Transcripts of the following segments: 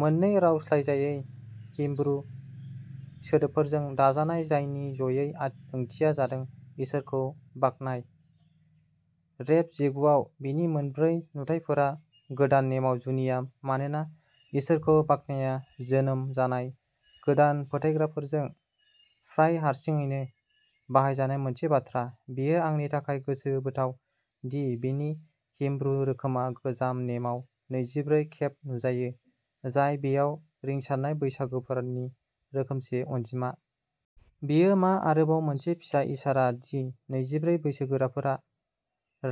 मोननै रावस्लायजायै हिब्रु सोदोबफोरजों दाजानाय, जायनि ज'यै ओंथिया जादों, इसोरखौ बाख्नाय। रेभ जिगुआव बेनि मोनब्रै नुथाइफोरा गोदान नेमाव जुनिया। मानोना इसोरखौ बाख्नायआ जोनोम जानाय गोदान फोथायग्राफोरजों प्राय हारसिङैनो बाहायजानाय मोनसे बाथ्रा, बेयो आंनि थाखाय गोसोबोथाव दि बेनि हिब्रु रोखोमआ गोजाम नेमाव नैजिब्रै खेब नुजायो, जाय बेयाव रिंसारनाय बैसोगोराफोरनि रोखोमसे अनजिमा। बेयो मा आरोबाव मोनसे फिसा इसारा दि नैजिब्रै बैसोगोराफोरा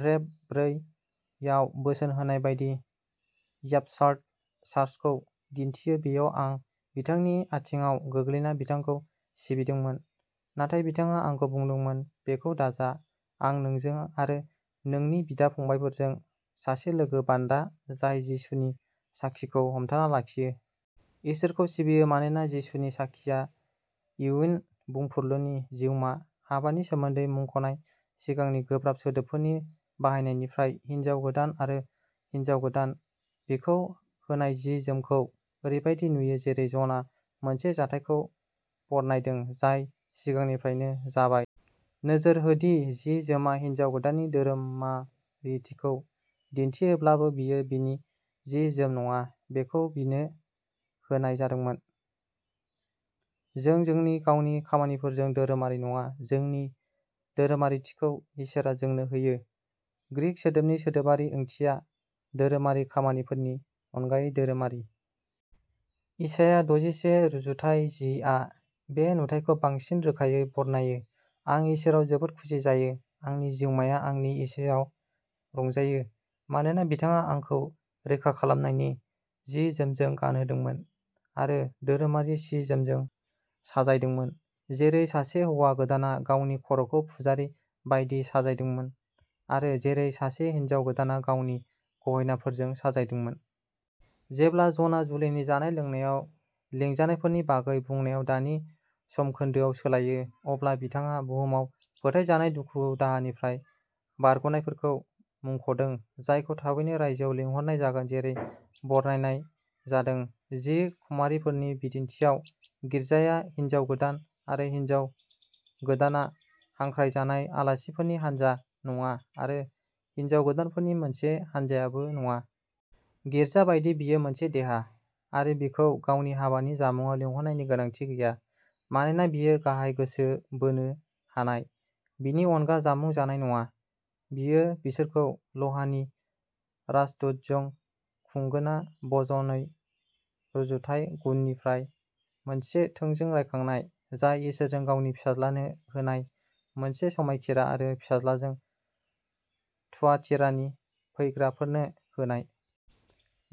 रेभ ब्रै आव बोसोन होनाय बायदि र्यापचार्ड चार्चखौ दिन्थियो बेयाव आं बिथांनि आथिंआव गोग्लैना बिथांखौ सिबिदोंमोन। नाथाय बिथाङा आंखौ बुंदोंमोन, बेखौ दाजा आं नोंजों आरो नोंनि बिदा-फंबायफोरजों सासे लोगो बान्दा, जाय जिसुनि साखीखौ हमथाना लाखियो। इसोरखौ सिबियो मानोना जिसुनि साखीया इयुन बुंफुरलुनि जिउमा। हाबानि सोमोन्दै मुंख'नाय सिगांनि गोब्राब सोदोबफोरनि बाहायनायनिफ्राय, हिन्जाव गोदान आरो हिन्जाव गोदान। बिखौ होनाय जि-जोमखौ, ओरैबायदि नुयो जेरै जनआ मोनसे जाथायखौ बरनायदों, जाय सिगांनिफ्रायनो जाबाय। नोजोर हो दि जि-जोमआ हिनजाव गोदाननि धोरोमारिथिखौ दिन्थियोब्लाबो, बेयो बिनि जि-जोम नङा। बेखौ बिनो होनाय जादोंमोन। जों जोंनि गावनि खामानिफोरजों धोरोमारि नङा। जोंनि धोरोमारिथिखौ इसोरआ जोंनो होयो। ग्रीक सोदोबनि सोदोबारि ओंथिया धोरोमारि खामानिफोरनि अनगायै धोरोमारि। इसाया दजिसे रुजुथाइ जि आ बे नुथायखौ बांसिन रोखायै बरनायो। आं इसोराव जोबोद खुसि जायो; आंनि जिउमाया आंनि इसोराव रंजायो। मानोना बिथाङा आंखौ रैखाखालामनायनि जि-जोमजों गानहोदोंमोन आरो धोरोमारि सि-जोमजों साजायदोंमोन, जेरै सासे हौवा गोदानआ गावनि खर'खौ पुजारी बायदि साजायदोंमोन आरो जेरै सासे हिनजाव गोदानआ गावनि गहेनाफोरजों साजायदोंमोन। जेब्ला जनआ जुलिनि जानाय-लोंनायाव लिंजानायफोरनि बागै बुंनायाव दानि समखोन्दोआव सोलायो, अब्ला बिथाङा बुहुमाव फोथायजानाय दुखु-दाहानिफ्राय बारग'नायफोरखौ मुंख'दों, जायखौ थाबैनो रायजोआव लिंहरनाय जागोन जेरै बरनायनाय जादों। जि कुमारीफोरनि बिदिन्थिआव। गिर्जाया हिन्जाव गोदान आरो हिन्जाव गोदानआ हांख्रायजानाय आलासिफोरनि हानजा नङा आरो हिन्जाव गोदानफोरनि मोनसे हानजायाबो नङा। गिर्जा बायदि, बियो मोनसे देहा। आरो बिखौ गावनि हाबानि जामुंआव लिंहरनायनि गोनांथि गैया, मानोना बियो गाहाय गोसो बोनो हानाय। बिनि अनगा जामुं जानाय नङा। बियो बिसोरखौ लहानि राजदण्डजों खुंगोनआ भजन नै रुजुथाइ गु निफ्राय मोनसे थोंजों रायखांनाय, जाय इसोरजों गावनि फिसाज्लानो होनाय मोनसे समायखिरा आरो फिसाज्लाजों थुयातिरानि फैग्राफोरनो होनाय।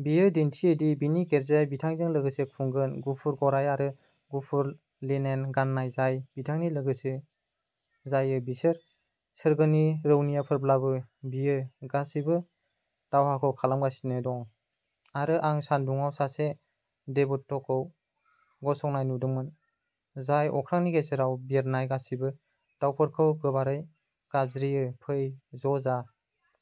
बेयो दिन्थियो दि बिनि गिर्जाया बिथांजों लोगोसे खुंगोन। गुफुर गराय आरो गुफुर लिनेन गान्नाय जाय बिथांनि लोगो जायो बिसोर सोरगोनि रौनियाफोरब्लाबो, बियो गासैबो दावहाखौ खालामगासिनो दं आरो आं सान्दुङाव सासे देबदूतखौ गसंनाय नुदोंमोन, जाय अख्रांनि गेजेराव बिरनाय गासैबो दावफोरखौ गोबारै गाबज्रियो, फै ज'जा।